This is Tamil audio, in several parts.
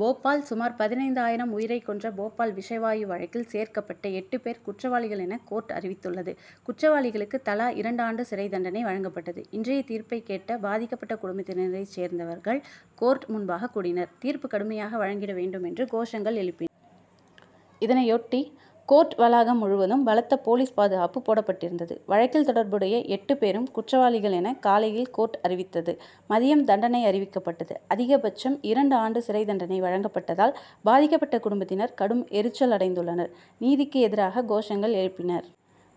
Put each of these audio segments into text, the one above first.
போபால் சுமார் பதினைந்து ஆயிரம் உயிரை கொன்ற போபால் விஷ வாயு வழக்கில் சேர்க்கப்பட்ட எட்டு பேர் குற்றவாளிகள் என கோர்ட் அறிவித்துள்ளது. குற்றவாளிகளுக்கு தலா இரண்டு ஆண்டு சிறைத்தண்டனை வழங்கப்பட்டது. இன்றைய தீர்ப்பை கேட்க பாதிக்கப்பட்ட குடும்பத்தினரை சேர்ந்தவர்கள் கோர்ட் முன்பாக கூடினர். தீர்ப்பு கடுமையாக வழங்கிட வேண்டும் என்று கோஷங்கள் எழுப்பினர். இதனையொட்டி கோர்ட் வளாகம் முழுவதும் பலத்த போலீஸ் பாதுகாப்பு போடப்பட்டிருந்தது. வழக்கில் தொடர்புடைய எட்டு பேரும் குற்றவாளிகள் என காலையில் கோர்ட் அறிவித்தது. மதியம் தண்டனை அறிவிக்கப்பட்டது. அதிகம் பட்சம் இரண்டு ஆண்டு சிறைத்தண்டனை வழங்கப்பட்டதால் பாதிக்கப்பட்ட குடும்பத்தினர் கடும் எரிச்சல் அடைந்துள்ளனர். நீதிக்கு எதிராக கோஷங்கள் எழுப்பினர்.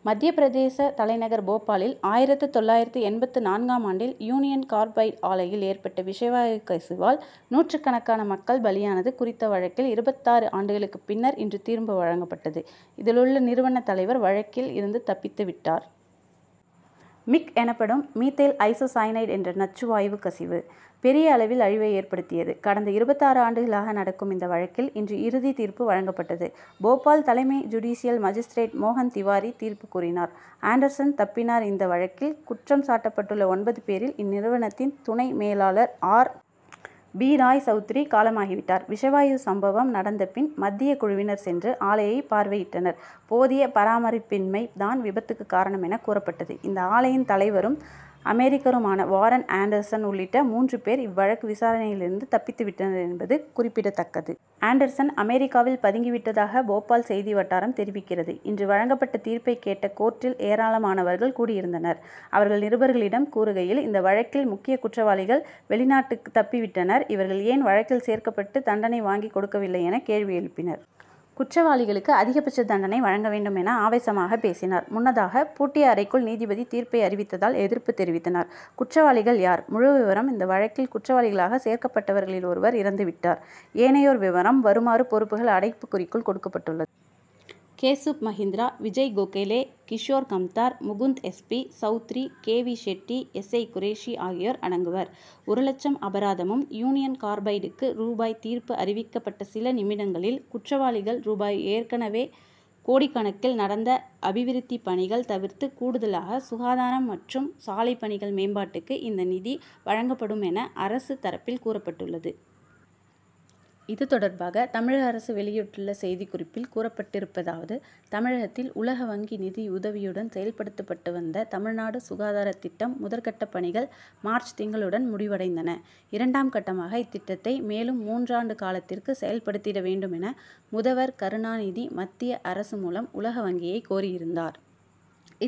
மத்திய பிரதேச தலைநகர் போபாலில் ஆயிரத்து தொள்ளாயிரத்து எண்பத்து நான்காம் ஆண்டில், யூனியன் கார்பைடு ஆலையில் ஏற்பட்ட விஷவாயு கசிவால் நூற்றுக்கணக்கான மக்கள் பலியானது குறித்த வழக்கில் இருபத்தாறு ஆண்டுகளுக்கு பின்னர் இன்று தீர்ப்பு வழங்கப்பட்டது. இதில் உள்ள நிறுவன தலைவர் வழக்கில் இருந்து தப்பித்து விட்டார். மிக் எனப்படும் மீதைல் ஐசோ சைனைடு என்ற நச்சு வாயு கசிவு, பெரிய அளவில் அழிவை ஏற்படுத்தியது. கடந்த இருபத்தாறு ஆண்டுகளாக நடக்கும் இந்த வழக்கில், இன்று இறுதி தீர்ப்பு வழங்கப்பட்டது. போபால் தலைமை ஜுடிசியல் மாஜிஸ்திரேட் மோகன் திவாரி தீர்ப்பு கூறினார். ஆண்டர்சன் தப்பினார் இந்த வழக்கில் குற்றம் சாட்டப்பட்டுள்ள ஒன்பது பேரில், இந்நிறுவனத்தின் துணை மேலாளர் ஆர். பி. ராய் சவுத்ரி காலமாகிவிட்டார். விஷவாயு சம்பவம் நடந்த பின், மத்தியக் குழுவினர் சென்று ஆலையை பார்வையிட்டனர். போதிய பராமரிப்பின்மை தான் விபத்துக்கு காரணம் என கூறப்பட்டது. இந்த ஆலையின் தலைவரும், அமெரிக்கருமான வாரன் ஆண்டர்சன் உள்ளிட்ட மூன்று பேர், இவ்வழக்கு விசாரணையிலிருந்து தப்பித்து விட்டனர் என்பது குறிப்பிடத்தக்கது. ஆண்டர்சன் அமெரிக்காவில் பதுங்கி விட்டதாக போபால் செய்தி வட்டாரம் தெரிவிக்கிறது. இன்று வழங்கப்பட்ட தீர்பை கேட்க கோர்ட்டில் ஏராளமனவர்கள் கூடியிருந்தனர். அவர்கள் நிருபர்களிடம் கூறுகையில் இந்த வழக்கில் முக்கிய குற்றவாளிகள் வெளிநாட்டுக்கு தப்பி விட்டனர். இவர்கள் ஏன் வழக்கில் சேர்க்கப்பட்டு தண்டனை வாங்கி கொடுக்கவில்லை என கேள்வி எழுப்பினர். குற்றவாளிகளுக்கு அதிப்பட்ச தண்டனை வழங்க வேண்டும் என ஆவேசமாக பேசினர். முன்னதாக பூட்டிய அறைக்குள் நீதிபதி தீர்ப்பை அறிவித்ததால் எதிர்ப்பு தெரிவித்தனர். குற்றவாளிகள் யார்? முழு விவரம் இந்த வழக்கில் குற்றவாளிகளாக சேர்க்கப்பட்டவர்களில் ஒருவர் இறந்து விட்டார். ஏனையோர் விவரம் வருமாறு பொறுப்புகள் அடைகுறிக்குள் கொடுக்கப்பட்டுள்ளது. Keshub Mahindra, Vijay Gokhale, Kishore Kamdar, Mukund, SP., Chaudhary, K. We., Shetty S. ஐ., குரேஷி. ஆகியோர் அடங்குவர். ஒரு லட்சம் அபராதமும், யூனியன் கார்பைடுக்கு ரூ. தீர்ப்பு அறிவிக்கப்பட்ட சில நிமிடங்களில் குற்றவாளிகள் ரூ. ஏற்கனவே பல கோடிக்கணக்கில் நடந்த அபிவிருத்தி பணிகள் தவிர்த்து கூடுதலாக சுகாதாரம் மற்றும் சாலைப்பணிகள் மேம்பாட்டுக்கு இந்த நிதி வழங்கப்படும் என தமிழக அரசு தரப்பில் கூறப்பட்டுள்ளது. இது தொடர்பாக தமிழக அரசு வெளியிட்டுள்ள செய்திக்குறிப்பில் கூறப்பட்டிருப்பதாவது தமிழகத்தில் உலக வங்கி நிதியுதவியுடன் செயல்படுத்தப்பட்டு வந்த, தமிழ்நாடு சுகாதாரத் திட்டம் முதற்கட்டப் பணிகள் மார்ச்சுத் திங்களுடன் முடிவடைந்தன. இரண்டாம் கட்டமாக இத்திட்டத்தை மேலும் மூன்றாண்டு காலத்திற்குச் செயல்படுத்திட வேண்டுமென முதவர் கருணாநிதி மத்திய அரசு மூலம் உலக வங்கியைக் கோரியிருந்தார்.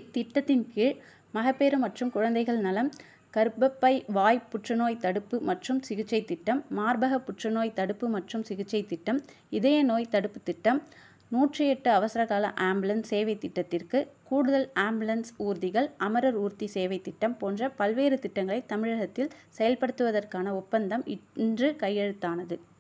இத்திட்டத்தின்கீழ், மகப்பேறு மற்றும் குழந்தைகள் நலம், கருப்பைவாய்ப் புற்று நோய்த்தடுப்பு மற்றும் சிகிச்சைத் திட்டம், மார்பகப் புற்றுநோய்த் தடுப்பு மற்றும் சிகிச்சைத் திட்டம், இதய நோய்த் தடுப்புத் திட்டம், நூற்று எட்டு அவசரகால ஆம்புலன்ஸ் சேவைத்திட்டத்திற்குக் கூடுதல் ஆம்புலன்ஸ் ஊர்திகள், அமரர் ஊர்தி சேவைத்திட்டம் போன்ற பல்வேறு திட்டங்களைத் தமிழகத்தில் செயல்படுத்துவதற்கான ஒப்பந்தம் இன்று கையெழுத்தானது.